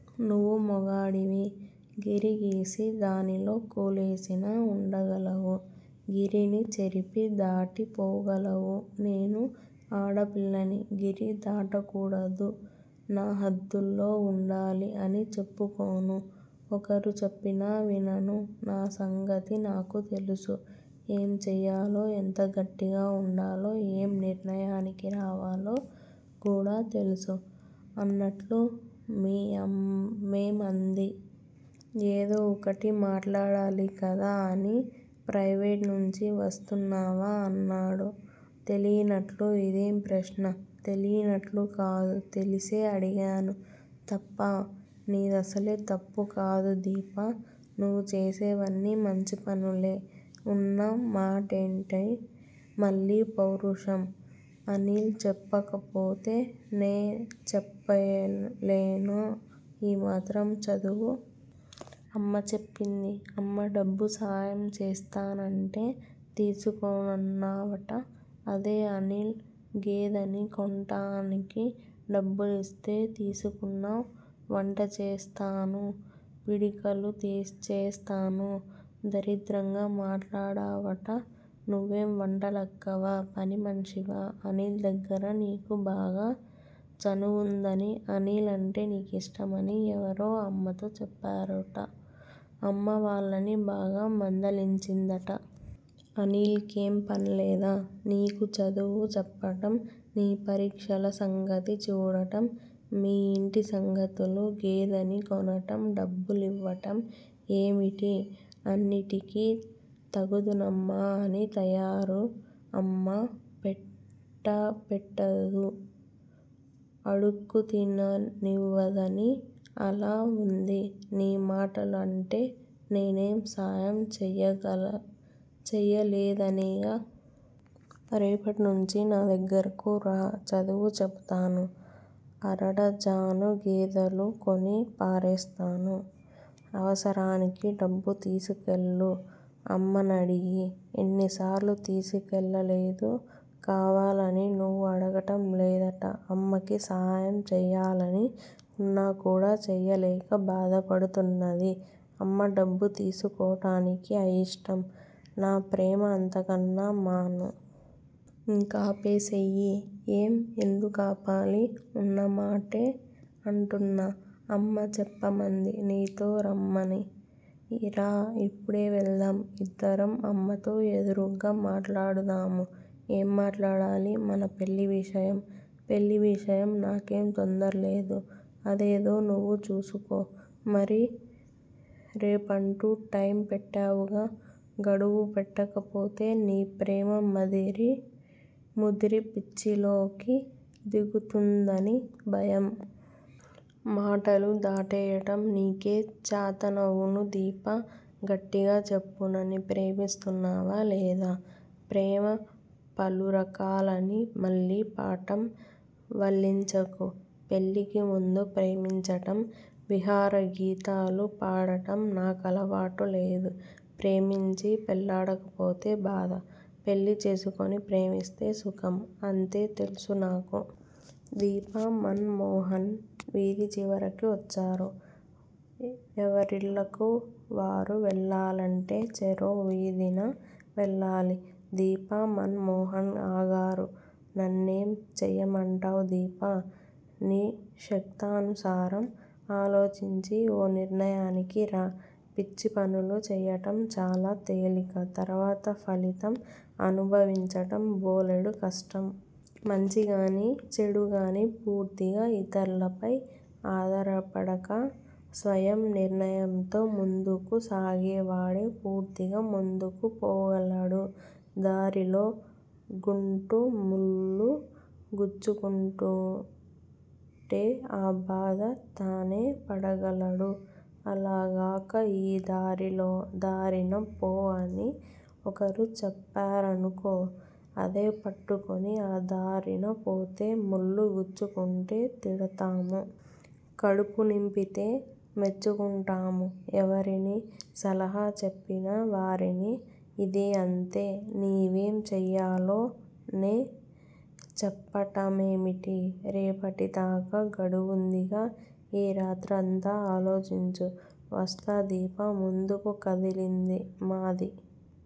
నువ్వు మగవాడివి, గిరిగీసి దానిలో కూలేసినా ఉండగలవు. గిరిని చెరిపి దాటి పోగలవు నేను ఆడ పిల్లని గిరి దాటకూడదు, నా హద్దుల్లో వుండాలి అని చెప్పుకోను. ఒకరు చెప్పినా వినను. నా సంగతి నాకు తెలుసు. ఏం చేయాలో, ఎంత గట్టిగా వుండాలో, ఏం నిర్ణయానికి రావాలో కూడా తెల్సు, అన్నట్లు మీ అమ్మేమంది? ఏదో ఒకటి మాట్లాడాలి కదా అని ప్రయివేట్ నుంచి వస్తున్నావా? అన్నాడు. తెలియనట్లు ఇదేం ప్రశ్న. తెలియనట్లు కాదు తెలిసే అడిగాను. తప్పా! నీదసలే తప్పు కాదు దీపా! నువ్వు చేసేవన్ని మంచిపనులే, ఉన్న మాటంటే మళ్ళీ పౌరుషం. అనిల్ చెప్పకపోతే నే చెప్పలేనా ఈ మాత్రం చదువు! అమ్మ చెప్పింది. అమ్మ డబ్బు సాయం చేస్తానంటే తీసుకోనన్నావట. అదే అనిల్ గేదెని కొంటానికి డబ్బిస్తే తీసుకున్నావ్. వంటచేస్తాను, పిడకలు చేస్తాను, దరిద్రంగా మాట్లాడావుట. నువ్వేం వంటలక్కవా? పనిమనిషివా? అనిల్ దగ్గర నీకు బాగా చనువుందని, అనిల్ అంటే నీకిష్టమని ఎవరో అమ్మతో చెప్పారుట. అమ్మ వాళ్ళని బాగా మందలించిందట. అనిల్ కి ఏమీ పనిలేదా. నీకు చదువు చెప్పటం, నీ పరీక్షల సంగతి చూడటం, మీ ఇంటి సంగతులు? గేదెని కొనటం, డబ్బులివ్వటం, ఏమిటి అన్నింటికి తగుదునమ్మా అని తయారు. అమ్మా పెట్టాపెట్టదు. అడుక్కు తినానివ్వదని అలా వుంది నీ మాటలు అంటే నేనం సాయం చేయలేదనేగా? రేపటినుంచి నా దగ్గరకు రా చదువు చెపుతాను, అరడజను గేదలు కొని పారేస్తాను. అవసరానికి డబ్బు తీసుకెళ్ళు అమ్మనడిగి ఎన్నిసార్లు తీసుకెళ్ళలేదు! కావాలని నువ్వే అడగటం లేదట అమ్మకి సాయం చేయాలని వున్నా కూడ చేయలేక బాధ పడుతున్నది. అమ్మ డబ్బు తీసుకోటానికి అయిష్టం. నా ప్రేమ అంతకన్నా మనూ! ఇంకాపేసెయ్యి. ఏం, ఎందుకాపాలి! ఉన్నమాటే అంటున్నాను. అమ్మ చెప్పమంది నీతో రమ్మని. రా ఇప్పుడే వెళదాం. ఇద్దరం అమ్మతో ఎదురుగా మాట్లాడుదాము. ఏం మాట్లాడాలి? మన పెళ్ళి విషయం. పెళ్ళి విషయం నాకేం తొందరలేదు. అదేదో నువ్వే చూసుకో. మరి రేపంటూ టైమ్ పెట్టావుగా? గడువు పెట్టకపోతే నీ ప్రేమ ముదిరి పిచ్చిలోకి దిగుతుందని భయం. మాటలు దాటేయటం నీకే చాతనవును దీపా! గట్టిగా చెప్పు నన్ను ప్రేమిస్తున్నావా లేదా? ప్రేమ పలురకాలని మళ్ళీ పాఠం వల్లించకు. పెళ్ళికి ముందు ప్రేమించటం, విరహగీతాలు పాడటం నా కలవాటు లేదు. ప్రేమించి పెళ్ళాడకపోతే బాధ. పెళ్ళి చేసుకుని ప్రేమిస్తే సుఖం. అంతే తెల్సు నాకు. దీప, మన్ మోహన్ వీధి చివరి కొచ్చారు. ఎవరిళ్ళకు వారు వెళ్ళాలంటే చెరో వీధినా వెళ్ళాలి. దీప, మన్ మోహన్ ఆగారు. నన్నేం చేయమంటావ్ దీపా! నీ శక్తానుసారం ఆలోచించి ఓ నిర్ణయానికిరా. పిచ్చి పనులు చేయటం చాలా తేలిక తర్వాత ఫలితం అనుభవించటం బోలెడు కష్టం. మంచిగాని చెడుగాని పూర్తిగా ఇతర్లపై ఆధారపడక స్వయం నిర్ణయంతో ముందుకు సాగేవాడే పూర్తిగా ముందుకు పోగలడు. దారిలో గంటు ముళ్లు గుచ్చుకుంటే ఆ బాధ తానే పడగలడు. అలా గాక ఈ దారిన పో అని ఒకరు చెప్పారనుకో, అదే పట్టుకుని ఆ దారినపోతే ముళ్ళు గుచ్చుకుంటే తిడతాము. కడుపునిండితే మెచ్చుకుంటాము. ఎవరిని! సలహా చెప్పిన వారిని. ఇదీ అంతే, నీవేం చేయాలో నే చెప్పటమేమిటి? రేపటిదాకా గడువుందిగా ఈ రాత్రంతా ఆలోచించు. వస్తా దీప ముందుకు కదిలింది. మాది